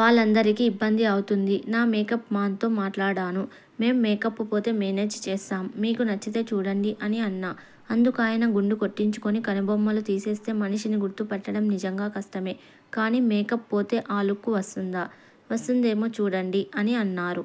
వాళ్లందరికీ ఇబ్బంది అవుతుంది. నా మేకప్ మాన్ తో మాట్లాడాను. మేం మేకప్ పోతే మేనేజ్ చేస్తాం. మీకు నచ్చితే చూడండి' అని అన్నా. అందుకాయన'గుండు కొట్టించుకుని, కనుబొమ్మలు తీసేస్తే మనిషిని గుర్తుపట్టడం నిజంగా కష్టమే. కానీ మేకప్ పోతే ఆ లుక్ వస్తుందా? వస్తుందేమో చూడండి' అని అన్నారు.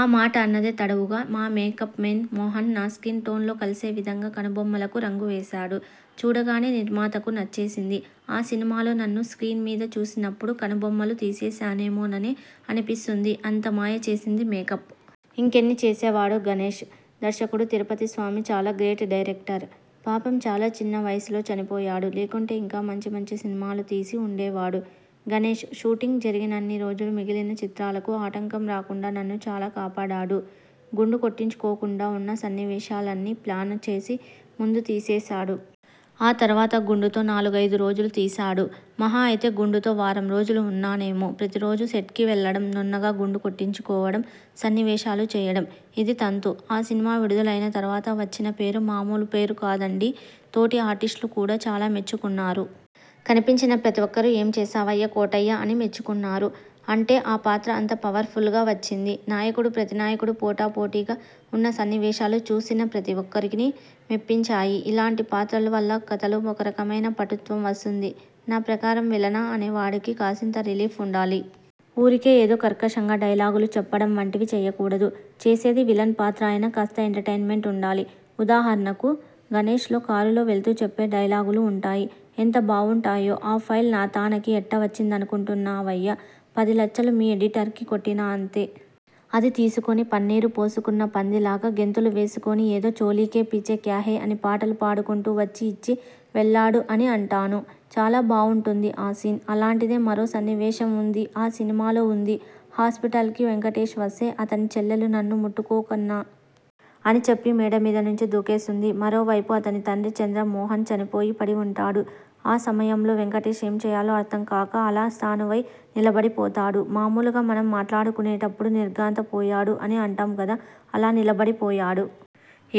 ఆ మాట అన్నదే తడవుగా మా మేకప్ మేన్ మోహన్ నా స్కిన్ టోన్ లో కలిసే విధంగా కనుబొమ్మలకు రంగు వేశాడు. చూడగానే నిర్మాతకు నచ్చేసింది. ఆ సినిమాలో నన్ను స్ర్కీన్ మీద చూసినప్పుడు కనుబొమ్మలు తీసేశానేమోననే అనిపిస్తుంది. అంత మాయ చేసింది మేకప్. ఇంకెన్ని చేసేవాడో! 'గణేశ్' దర్శకుడు తిరుపతిస్వామి చాలా గ్రేట్ డైరక్టర్. పాపం చాలా చిన్న వయసులో చనిపోయాడు. లేకుంటే ఇంకా మంచి మంచి సినిమాలు తీసి ఉండేవాడు. 'గణేశ్' షూటింగ్ జరిగినన్ని రోజులు మిగిలిన చిత్రాలకు ఆటంకం రాకుండా నన్ను చాలా కాపాడాడు. గుండు కొట్టించుకోకుండా ఉన్న సన్నివేశాలన్నీ ప్లాన చేసి ముందు తీసేశాడు. ఆ తర్వాత గుండుతో నాలుగైదు రోజులు తీశాడు. మహా అయితే గుండుతో వారం రోజులు ఉన్నానేమో. ప్రతిరోజూ సెట్కి వెళ్లడం నున్నగా గుండు కొట్టించుకోవడం, సన్నివేశాలు చేయడం. ఇదీ తంతు. ఆ సినిమా విడుదలైన తర్వాత వచ్చిన పేరు మామూలు పేరు కాదండీ. తోటి ఆర్టిస్టులు కూడా చాలా మెచ్చుకున్నారు. కనిపించిన ప్రతి ఒక్కరూ 'ఏం చేశావయ్యా కోటయ్యా' అని మెచ్చుకున్నారు. అంటే ఆ పాత్ర అంత పవర్ ఫుల్గా వచ్చింది. నాయకుడు, ప్రతినాయకుడు పోటాపోటీగా ఉన్న సన్నివేశాలు చూసిన ప్రతి ఒక్కరినీ మెప్పించాయి. ఇలాంటి పాత్రల వల్ల కథలో ఒకరకమైన పటుత్వం వస్తుంది. నా ప్రకారం విలన అనేవాడికి కాసింత రిలీఫ్ ఉండాలి. ఊరికే ఏదో కర్కశంగా డైలాగులు చెప్పడం వంటివి చేయకూడదు. చేసేది విలన్ పాత్ర అయినా కాస్త ఎంటర్టైనమెంట్ ఉండాలి. ఉదాహరణకు 'గణేశ్'లో కారులో వెళ్తూ చెప్పే డైలాగులు ఉంటాయి. ఎంత బావుంటాయో.. ' ఆ ఫైల్ నాతానకి ఎట్ట వచ్చిందనుకుంటున్నావయ్యా.. పది లచ్చలు మీ ఎడిటర్కి కొట్టినా అంతే. అది తీసుకుని పన్నీరు పోసుకున్న పందిలాగా గెంతులు వేసుకుని ఏదో చోళీకే పీచే క్యాహే అని పాటలు పాడుకుంటూ వచ్చి ఇచ్చి వెళ్లాడు' అని అంటాను. చాలా బావుంటుంది ఆ సీన్. అలాంటిదే మరో సన్నివేశం ఉంది ఆ సినిమాలో ఉంది. హాస్పిటల్కి వెంకటేశ్ వస్తే అతని చెల్లెలు 'నన్ను ముట్టుకోకన్నా.. ' అని చెప్పి మేడమీద నుంచి దూకేస్తుంది. మరో వైపు అతని తండ్రి చంద్రమోహన్ చనిపోయి పడి ఉంటాడు. ఆ సమయంలో వెంకటేశ్ ఏం చేయాలో అర్థం కాక అలా స్థాణువై నిలబడిపోతాడు. మామూలుగా మనం మాట్లాడుకునేటప్పుడు 'నిర్ఘాంతపోయాడు' అని అంటాం కదా.. అలా నిలబడిపోయాడు.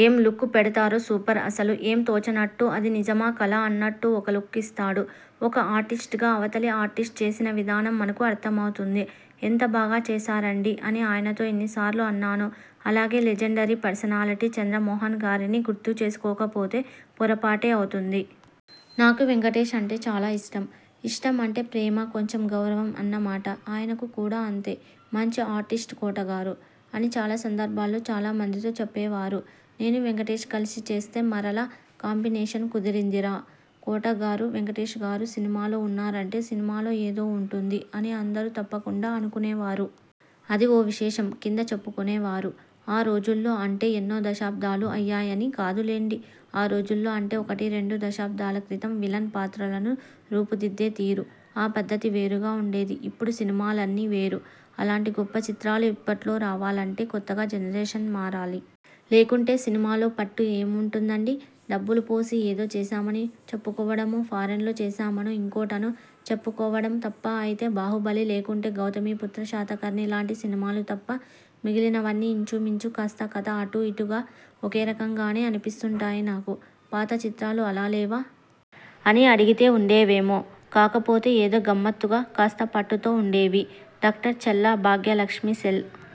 ఏం లుక్ పెడతారో సూపర్ అసలు. ఏం తోచనట్టు అది నిజమా? కలా? అన్నట్టు ఒక లుక్ ఇస్తాడు. ఒక ఆర్టిస్ట్గా అవతలి ఆర్టిస్ట్ చేసిన విధానం మనకు అర్థమవుతుంది. 'ఎంత బాగా చేశారండీ' అని ఆయనతో ఎన్ని సార్లు అన్నానో. అలాగే లెజండ్రీ పర్సనాలిటీ చంద్రమోహన్గారిని గుర్తుచేసుకోకపోతే పొరపాటే అవుతుంది. నాకు వెంకటేశ్ అంటే చాలా ఇష్టం. ఇష్టం అంటే ప్రేమ, కొంచెం గౌరవం అన్నమాట. ఆయనకు కూడా అంతే 'మంచి ఆర్టిస్ట్ కోటగారు' అని చాలా సందర్భాల్లో, చాలా మందితో చెప్పేవారు. నేను, వెంకటేశ్ కలిసి చేస్తే 'మరలా కాంబినేషన్ కుదిరిందిరా'.. 'కోటగారు, వెంకటేశ్గారు సినిమాలో ఉన్నారంటే సినిమాలో ఏదో ఉంటుంది ' అని అందరూ తప్పకుండా అనుకునేవారు. అది ఓ విశేషం కింద చెప్పుకునేవారు. ఆ రోజుల్లో అంటే ఎన్నో దశాబ్దాలు అయ్యాయని కాదులెండి ఆ రోజుల్లో అంటే ఒకటీ, రెండు దశాబ్దాల క్రితం విలన్ పాత్రలను రూపుదిద్దేతీరు, ఆ పద్ధతి వేరుగా ఉండేది. ఇప్పుడు సినిమాలన్నీ వేరు. అలాంటి గొప్ప చిత్రాలు ఇప్పట్లో రావాలంటే కొత్తగా జనరేషన్ మారాలి. లేకుంటే సినిమాలో పట్టు ఏం ఉంటుందండీ. డబ్బులు పోసి ఏదో చేశామని చెప్పుకోవడమో, ఫారిన్లో చేశామనో, ఇంకోటనో చెప్పుకోవడం తప్పఅయితే 'బాహుబలి', లేకుంటే 'గౌతమీపుత్ర శాతకర్ణి' లాంటి సినిమాలు తప్ప మిగిలిన వన్నీ ఇంచుమించు కాస్త కథ అటూఇటూగా ఒకేరకంగానే అనిపిస్తుంటాయి నాకు. పాత చిత్రాలు అలా లేవా? అని అడిగితే ఉండేవేమో కాకపోతే ఏదో గమ్మత్తుగా, కాస్త పట్టుతో ఉండేవి. డా. చల్లా భాగ్యలక్ష్మి సెల్